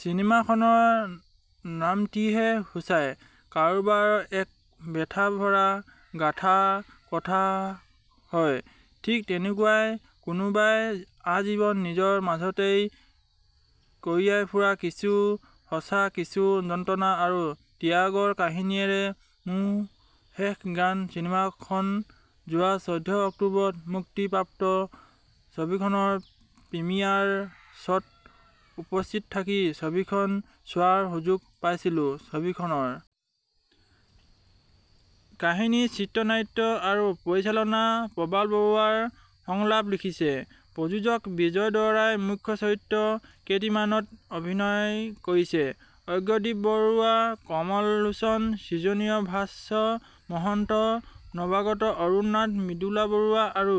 চিনেমাখনৰ নামটিয়েই সূচায় কাৰোবাৰ এক বেথা ভৰা গাঁথাৰ কথা হয়। ঠিক তেনেকুৱাই কোনোৱাই আজীৱন নিজৰ মাজতেই কঢ়িয়াই ফুৰা কিছু সঁচা কিছু যন্ত্ৰণা আৰু ত্যাগৰ কাহিনীৰেই মোৰ শেষ গান চিনেমাখন যোৱা চৈধ্য অক্টোবৰত মুক্তি প্ৰাপ্ত ছবিখনৰ প্ৰিমিয়াৰ শ্বত উপস্থিত থাকি ছবিখন চোৱাৰ সুযোগ পাইছিলো। ছবিখনৰ কাহিনী চিত্ৰনাট্য আৰু পৰিচালনা প্ৰবাল বৰুৱাৰ সংলাপ লিখিছে। প্ৰযোজক বিজয় দুৱৰাই মূখ্য চৰিত্ৰ কেইটিমানত অভিনয় কৰিছে ।অৰ্ঘ্যদ্বীপ বৰুৱা কমল লোচন সৃজনী ভাস্ব মহন্ত নৱাগত অৰুণ নাথ মৃদুলা বৰুৱা আৰু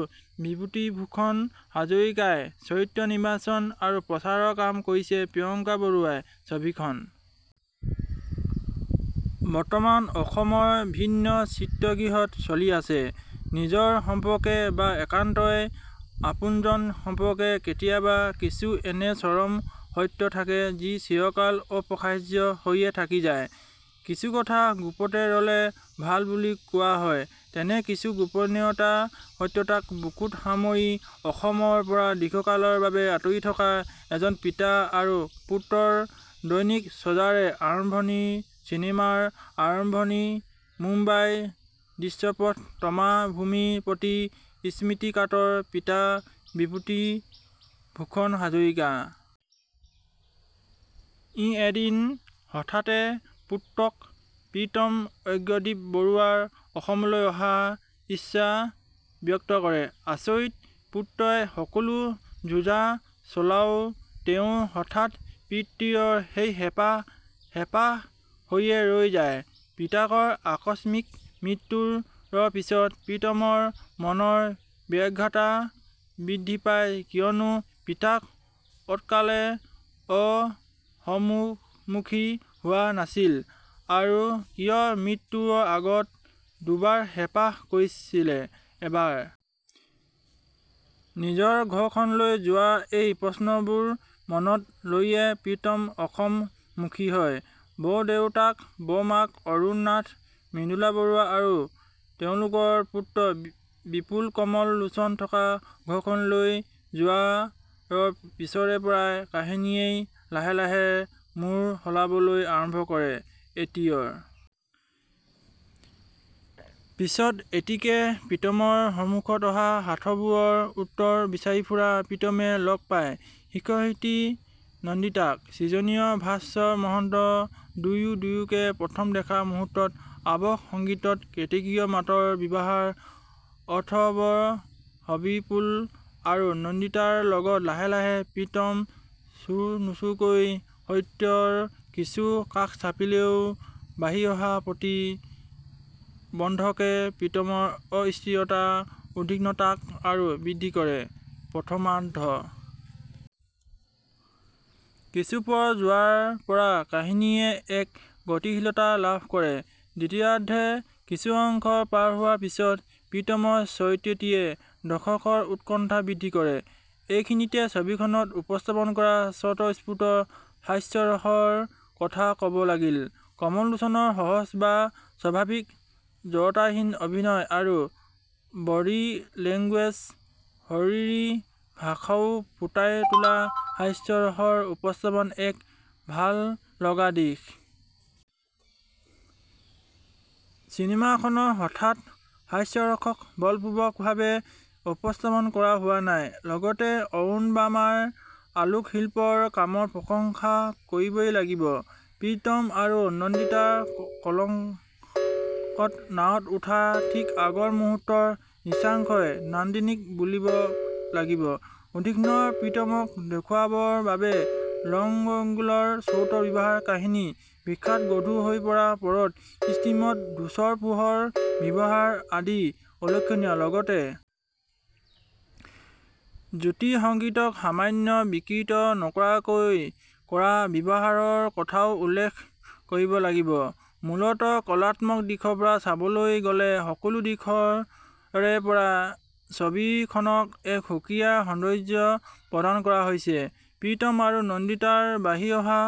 বিভূতি ভূষণ হাজৰিকাই চৰিত্ৰ নিৰ্বাচন আৰু প্ৰচাৰৰ কাম কৰিছেপ্ৰিয়ংকা বৰুৱাই ।ছবিখন বৰ্তমান অসমৰ ভিন্ন চিত্ৰগৃহত চলি আছে। নিজৰ সম্পৰ্কে বা একান্তই আপোনজন সম্পৰ্কে কেতিয়াবা কিছু এনে চৰম সত্য থাকে যি চিৰকাল অপ্ৰকাশ্য হৈয়েই থাকি যায়। কিছু কথা গুপুতে ৰলেই ভাল বুলি কোৱা হয়। তেনে কিছু গুপনীয়তা সত্যতাক বুকুত সামৰি অসমৰ পৰা দীৰ্ঘকালৰ বাবে আতৰি থকা এজন পিতা আৰু পুত্ৰৰ দৈনিক চৰ্যাৰেই আৰম্ভণি চিনেমাৰ আৰম্ভণি মুম্বাইৰ দৃশ্যপট তমা ভূমিৰ প্ৰতি স্মৃতিকাতৰ পিতা বিভূতি ভূষণ হাজৰিকা। ই এদিন হঠাত পুত্ৰক প্ৰীতম অৰ্ঘ্যদ্বীপ বৰুৱা অসমলৈ অহাৰ ইচ্ছা ব্যক্ত কৰে। আচৰিত পুত্ৰই সকলো যোজা চলাও তেই হঠাত পিতৃৰ সেই হেপাঁহ হেপাঁহ হৈয়েই ৰৈ যায়। পিতাকৰ আকস্মিক মৃত্যুৰ পিছত প্ৰীতমৰ মনৰ ব্যগ্ৰতা বৃদ্ধি পাই কিয়নো পিতাক অতকালে অসমমুখী হোৱা নাছিল আৰু কিয় মৃত্যুৰ আগত দুৰ্বাৰ হেপাঁহ কৰিছিলে ।এবাৰ নিজৰ ঘৰখনলৈ যোৱাৰ এই প্ৰশ্নবোৰ মনত লৈয়েই প্ৰীতম অসম মুখী হয়। বৰদেউতাক বৰ্মাক অৰুণ নাথ মৃদুলা বৰুৱা আৰু তেওঁলোকৰ পুত্ৰ বিপুল কমল লোচন থকা ঘৰখনলৈ যোৱাৰ পিছৰে পৰাই কাহিনীয়ে লাহে - লাহে মূৰ সলাবলৈ আৰম্ভ কৰে। এটিৰ পিছত এটিকে প্ৰীতমৰ সমুখত অহা সাঁথৰবোৰৰ উত্তৰ বিচাৰি ফুৰা প্ৰীতমে লগ পাই ।শিক্ষয়িত্ৰী নন্দিতাক সৃজনী ভাস্ব মহন্ত দুয়ো দুয়োকে প্ৰথম দেখাৰ মূহুৰ্তত আৱহ সংগীতত কেতেকীৰ মাতৰ ব্যৱহাৰ অৰ্থৱহবিপুল আৰু নন্দিতাৰ লগত লাহে -লাহে প্ৰীতম চুও নুচুওকৈ সত্যৰ কিছু কাষ চাপিলেও বাঢ়ি অহা প্ৰতি বন্ধকে প্ৰীতমৰ অস্থিৰতা উদ্বিগ্নতাক আৰু বৃদ্ধি কৰে। প্ৰথমাৰ্দ্ধৰ কিছুপৰ যোৱাৰ পৰা কাহিনীয়ে এক গতিশীলতা লাভ কৰে। দ্বিতীয়াৰ্দ্ধৰ কিছু অংশ পাৰ হোৱাৰ পিছত প্ৰীতমৰ চৰিত্ৰটিয়ে দৰ্শকৰ উৎকন্ঠা বৃদ্ধি কৰে ।এইখিনিতে ছবিখনত উপস্থাপন কৰা স্বতঃস্ফূৰ্ত হাস্যৰসৰ কথা ক'ব লাগিল। কমল লোচনৰ সহজ বা স্বাভাৱিক জড়তাহীন অভিনয় আৰু বডী লেংগুৱেজ শৰীৰী ভাষাে ফুঁটাই তোলা হাস্যৰসৰ উপস্থাপন এক ভাল লগা দিশ। চিনেমা খনৰ অৰ্থাৎ হাস্যৰসক বলপূৰ্বক ভাৱে উপস্থাপন কৰা হোৱা নাই। লগতেই অৰুণ বাৰ্মাৰ আলোক শিল্পৰ কামৰ প্ৰশংসা কৰিবই লাগিব প্ৰীতম আৰু নন্দিতা কলঙত নাৱত উঠাৰ ঠিক আগৰ মুহুৰ্তৰ দৃশ্যাংশ নান্দনিক বুলিব লাগিব। উদ্বিগ্ন প্ৰীতমক দেখোৱাবৰ বাবে লএংগলৰ শ্বটৰ ব্যৱহাৰ কাহিনী বিষাদগধুৰ হৈ পৰাৰ পৰত স্তিমিত ধূঃসৰ পোহৰৰ ব্যৱহাৰ আদি উল্লেখনীয়। লগতে জ্যোতি সংগীতক সামান্য বিকৃত নকৰাকৈ কৰা ব্যৱহাৰৰ কথাও উল্লেখ কৰিব লাগিব ।মূলতঃ কলাত্মক দিশৰ পৰা চাবলৈ গ'লে সকলো দিশৰে পৰাই ছবি খনক এক সুকীয়া সৌন্দৰ্য প্ৰদান কৰা হৈছে ।প্ৰীতম আৰু নন্দিতাৰ বাঢ়ি অহা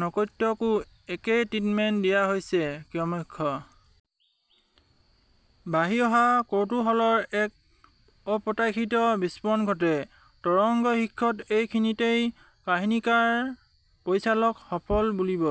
নৈকট্যকো একেই ট্ৰিটমেন্ট দিয়া হৈছে। ক্ৰমশঃ বাঢ়ি অহা কৌতূহলৰ এক অপ্ৰত্যাশিত বিস্ফোৰণ ঘটে, তৰংগ শীৰ্ষত এই খিনিতেই কাহিনীকাৰ পৰিচালক সফল বুলিব।